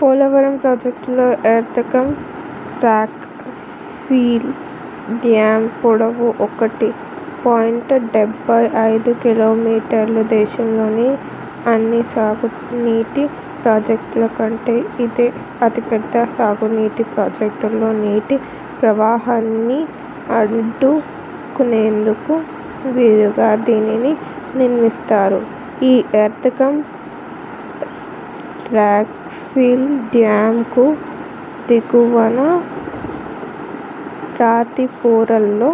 పోలవరం ప్రాజెక్టులో earth cum rock fill dam పొడవు ఒకటి పాయింట్ డెబ్బై ఐదు కిలోమీటర్లు దేశంలోని అన్ని సాగునీటి ప్రాజెక్టుల కంటే ఇదే అతి పెద్దది. సాగునీటి ప్రాజెక్టుల్లో నీటి ప్రవాహాన్ని అడ్డుకునేందుకు వీలుగా దీనిని నిర్మిస్తారు. ఈ ఎర్త్ కమ్ రాక్ఫిల్ డ్యామ్కు దిగువన రాతి పొరల్లో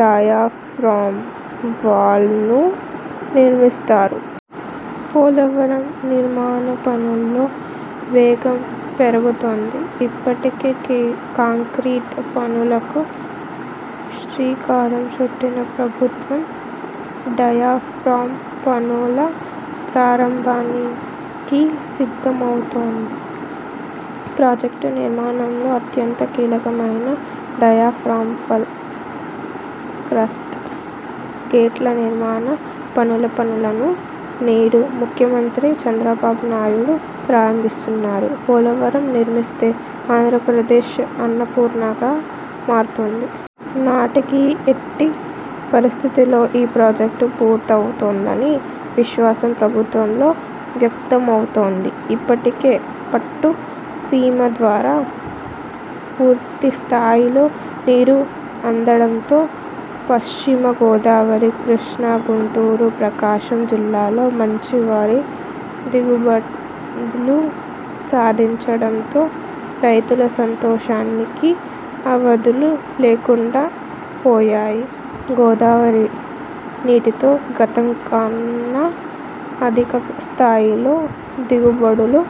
డయాఫ్రాం వాల్ను నిర్మిస్తారు. పోలవరం నిర్మాణ పనుల్లో వేగం పెరుగుతోంది. ఇప్పటికే కాంక్రీట్ పనులకు శ్రీకారం చుట్టిన ప్రభుత్వం డయాఫ్రాం పనుల ప్రారంభానికి సిద్ధమవుతోంది. ప్రాజెక్టు నిర్మాణంలో అత్యంత కీలకమైన డయాఫ్రాంవాల్, క్రస్ట్ గేట్ల నిర్మాణ పనుల పనులను నేడు ముఖ్యమంత్రి చంద్రబాబు నాయుడు ప్రారంభిస్తున్నారు. పోలవరం నిర్మిస్తే ఆంధ్రప్రదేశ్ అన్నపూర్ణగా మారుతుంది. నాటికి ఎట్టి పరిస్థితుల్లో ఈ ప్రాజెక్టు పూర్తవుతుందని విశ్వాసం ప్రభుత్వంలో వ్యక్తమవుతోంది. ఇప్పటికే పట్టు సీమ ద్వారా పూర్తిస్థాయిలో నీరు అందడంతో, పశ్చిమ గోదావరి, కృష్ణా, గుంటూరు, ప్రకాశం జిల్లాల్లో మంచి వరి దిగుబడులు సాధించడంతో రైతుల సంతోషానికి అవధులు లేకుండా పోయాయి. గోదావరి నీటితో గతంకన్నా అధిక స్థాయిలో దిగుబడులు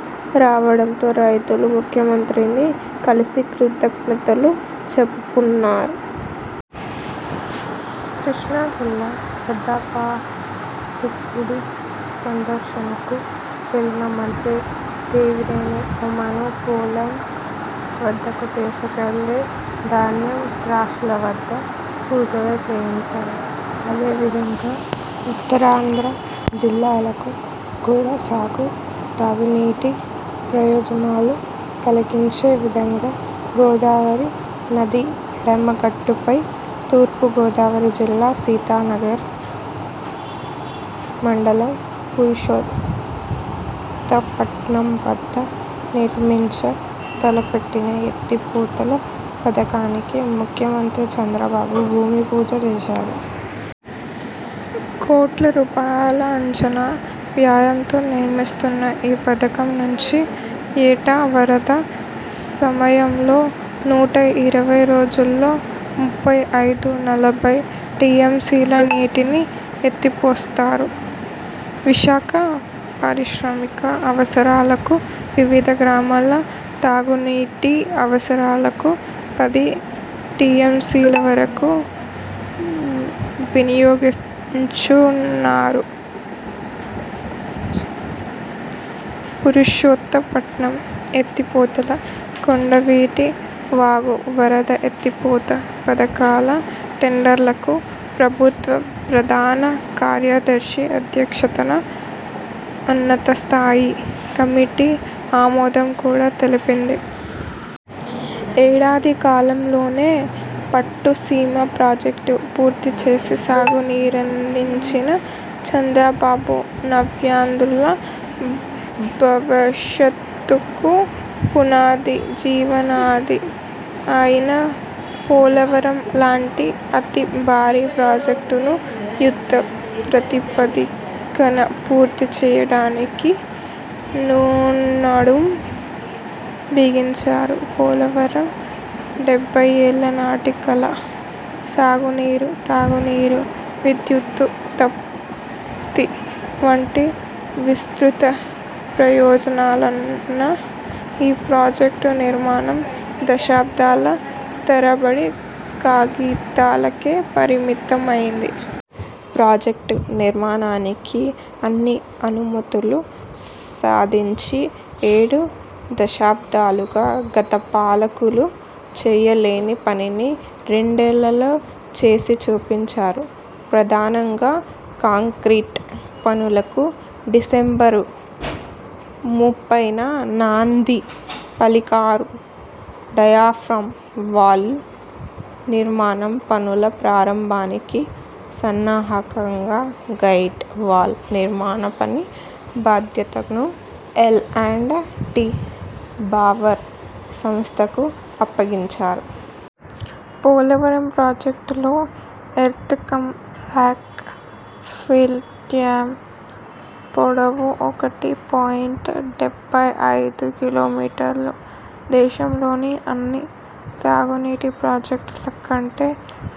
రావడంతో రైతులు ముఖ్యమంత్రిని కలిసి కృతజ్ఞతలు చెప్పుకున్నారు. కృష్ణాజిల్లా పెదపారుపూడి సందర్శనకు వెళ్లిన మంత్రి దేవినేని ఉమను పొలం వద్దకు తీసుకెళ్లి ధాన్యం రాశుల వద్ద పూజలు చేయించారు. అదే విధంగా ఉత్తరాంధ్ర జిల్లాలకు కూడా సాగు, తాగునీటి ప్రయోజనాలు కలిగించే విధంగా గోదావరి నది ఎడమ గట్టుపై తూర్పుగోదావరి జిల్లా సీతానగరం మండలం పురుషోత్తపట్నం వద్ద నిర్మించ తలపెట్టిన ఎత్తిపోతల పథకానికి ముఖ్యమంత్రి చంద్రబాబు భూమి పూజ చేశారు. కోట్ల రూపాయల అంచనా వ్యయంతో నిర్మిస్తున్న ఈ పథకం నుంచి ఏటా వరద సమయంలో నూట ఇరవై రోజుల్లో ముప్పై ఐదు, నలభై టీఎంసీల నీటిని ఎత్తిపోస్తారు విశాఖ పారిశ్రామిక అవసరాలకు, వివిధ గ్రామాల తాగునీటి అవసరాలకు పది టీఎంసీల వరకు వినియోగించనున్నారు పురుషోత్త పట్నం ఎత్తిపోతల, కొండవీటి వాగు వరద ఎత్తి పోత పథకాల టెండర్లకు ప్రభుత్వ ప్రధాన కార్యదర్శి అధ్యక్షతన ఉన్నతస్థాయి కమిటీ ఆమోదం కూడా తెలిపింది. ఏడాది కాలంలోనే పట్టు సీమ ప్రాజెక్టు పూర్తిచేసి సాగు నీరందించిన చంద్రబాబు, నవ్యాంధ్రుల భవిషత్తుకు పునాది, జీవనాడి అయిన పోలవరం లాంటి అతి భారీ ప్రాజెక్టును యుద్ధ ప్రాతిపదికన పూర్తి చేయడానికి నడుం బిగించారు. పోలవరం డెబ్బైఏళ్ల నాటి కల సాగునీరు, తాగునీరు, విద్యుదుత్పత్తి వంటి విస్తృత ప్రయోజనాలున్న ఈ ప్రాజెక్టు నిర్మాణం దశాబ్దాల తరబడి కాగితాలకే పరిమితమైపోయింది. ప్రాజెక్టు నిర్మాణానికి అన్ని అనుమతులూ సాధించి, ఏడు దశాబ్దాలుగా గత పాలకులు చేయలేని పనిని రెండేళ్లలో చేసి చూపించారు. ప్రధానంగా కాంక్రీట్ పనులకు డిసెంబరు ముప్పైన నాంది పలికారు డయాఫ్రాం వాల్ నిర్మాణం పనుల ప్రారంభానికి సన్నాహకంగా గైడ్ వాల్ నిర్మాణ పని బాధ్యతను ఎల్ అండ్ టీ బావర్ సంస్థకు అప్పగించారు. పోలవరం ప్రాజెక్టులో earth cum rock fill dam పొడవు ఒకటి పాయింట్ డెబ్బై ఐదు కిలోమీటర్లు. దేశంలోని అన్ని సాగునీటి ప్రాజెక్టుల కంటే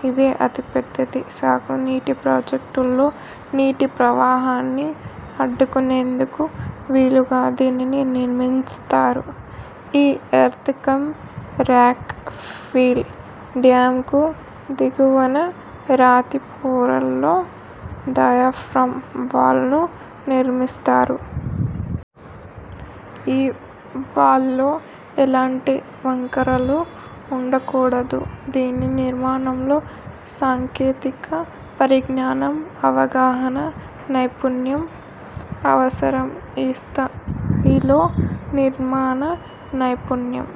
ఇదే అతి పెద్దది. సాగునీటి ప్రాజెక్టుల్లో నీటి ప్రవాహాన్ని అడ్డుకునేందుకు వీలుగా దీనిని నిర్మిస్తారు. ఈ ఎర్త్ కమ్ రాక్ ఫిల్ డ్యామ్కు దిగువన రాతి పొరల్లో డయాఫ్రాం వాల్ను నిర్మిస్తారు. ఈ వాల్లో ఎలాంటి వంకరలూ ఉండకూడదు. దీని నిర్మాణంలో సాంకేతిక పరిజ్ఞానం, అవగాహన, నైపుణ్యం అవసరం. ఈ స్థాయిలో నిర్మాణ నైపుణ్యం